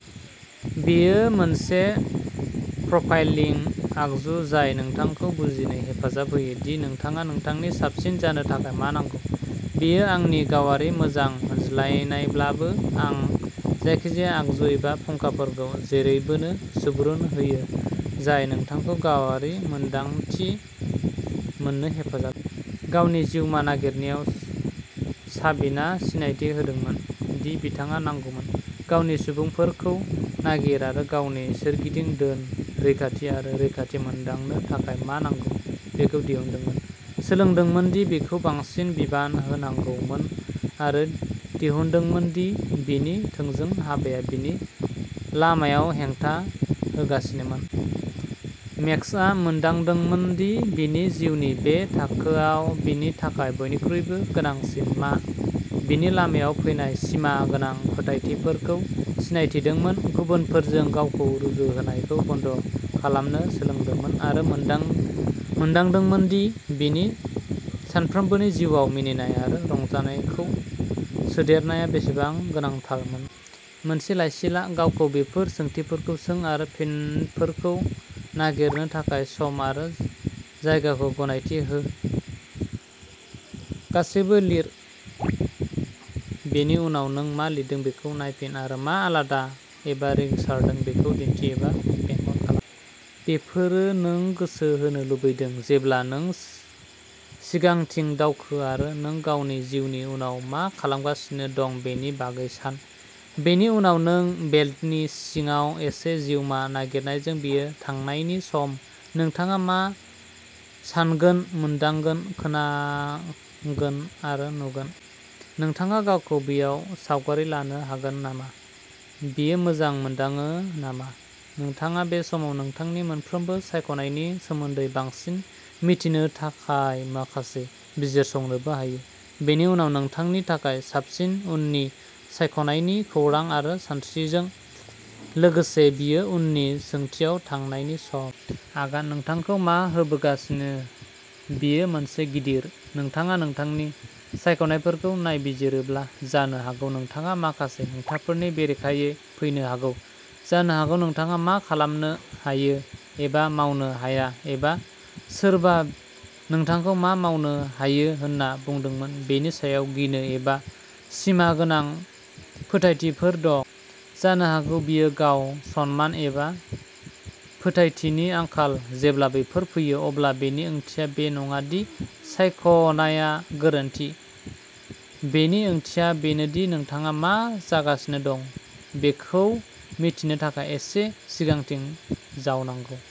बेयो मोनसे प्रफाइलिं आगजु जाय नोंथांखौ बुजिनो हेफाजाब होयो दि नोंथाङा नोंथांनि साबसिन जानो थाखाय मा नांगौ। बेयो आंनि गावारि मोजां मोनजानायब्लाबो, आं जायखिजाया आगजु एबा फुंखाफोरखौ जोबोरैनो सुबुरुन होयो जाय नोंथांखौ गावारि मोनदांथि मोन्नो हेफाजाब होगोन। गावनि जिउमा नागिरनायाव, साबिना सिनायथि होदोंमोन दि बिथाङा नांगौमोन। गावनि "सुबुंफोर" खौ नागिर आरो गावनि सोरगिदिं दोन; रैखाथि आरो रैखाथि मोनदांनो थाखाय मा नांगौ बेखौ दिहुनदोंमोन; सोलोंदोंमोन दि बिखौ बांसिन बिबान होनांगौमोन; आरो दिहुनदोंमोन दि बिनि थोंजों हाबाया बिनि लामायाव हेंथा होगासिनोमोन। मेक्सआ मोनदांदोंमोन दि बिनि जिउनि बे थाखोआव बिनि थाखाय बयनिख्रुइबो गोनांसिन मा, बिनि लामायाव फैनाय सिमा गोनां फोथायथिफोरखौ सिनायथिदोंमोन, गुबुनफोरजों गावखौ रुजुहोनायखौ बन्द खालामनो सोलोंदोंमोन आरो मोनदांदोंमोन दि बिनि सानफ्रोमबोनि जिउआव मिनिनाय आरो रंजानायखौ सोदेरनाया बेसेबां गोनांथारमोन। मोनसे लाइसि ला। गावखौ बेफोर सोंथिफोरखौ सों आरो फिनफोरखौ नागिरनो थाखाय सम आरो जायगाखौ गनायथि हो। गासैबो लिर। बेनि उनाव, नों मा लिरदों बेखौ नायफिन आरो मा आलादा एबा रिंसारदों बेखौ दिन्थि एबा बेंखन खालाम। बेफोरो नों गोसो होनो लुबैदों जेब्ला नों सिगांथिं दावखो आरो नों गावनि जिउनि उनाव मा खालामगासिनो दं बेनि बागै सान। बेनि उनाव, नोंनि बेल्टनि सिङाव एसे जिउमा नागिरनायजों, बेयो थांनायनि सम। नोंथाङा मा सान्गोन, मोनदांगोन, खोनांगोन आरो नुगोन? नोंथाङा गावखौ बैयाव सावगारि लानो हागोन नामा? बेयो मोजां मोनदाङो नामा? नोंथाङा बे समाव नोंथांनि मोनफ्रोमबो सायख'नायनि सोमोन्दै बांसिन मिथिनो थाखाय माखासे बिजिरसंनोबो हायो। बेनि उनाव, नोंथांनि थाखाय साबसिन उननि सायख'नायनि खौरां आरो सानस्रिजों लोगोसे, बेयो उननि सोंथियाव थांनायनि सम। आगान: नोंथांखौ मा होबोगासिनो? बेयो मोनसे गिदिर। नोंथाङा नोंथांनि सायख'नायफोरखौ नायबिजिरोब्ला, जानो हागौ नोंथाङा माखासे हेंथाफोरनि बेरेखायै फैनो हागौ। जानो हागौ नोंथाङा मा खालामनो हायो एबा मावनो हाया एबा सोरबा नोंथांखौ मा मावनो हायो होनना बुंदोंमोन बेनि सायाव गिनो एबा सिमा गोनां फोथायथिफोर दं। जानो हागौ बेयो गाव-सनमान एबा फोथायथिनि आंखाल। जेब्ला बेफोर फैयो, अब्ला बेनि ओंथिया बे नङा दि सायख'नाया गोरोन्थि, बेनि ओंथिया बेनो दि नोंथाङा मा जागासिनो दं बेखौ मिथिनो थाखाय एसे सिगांथिं जावनांगौ।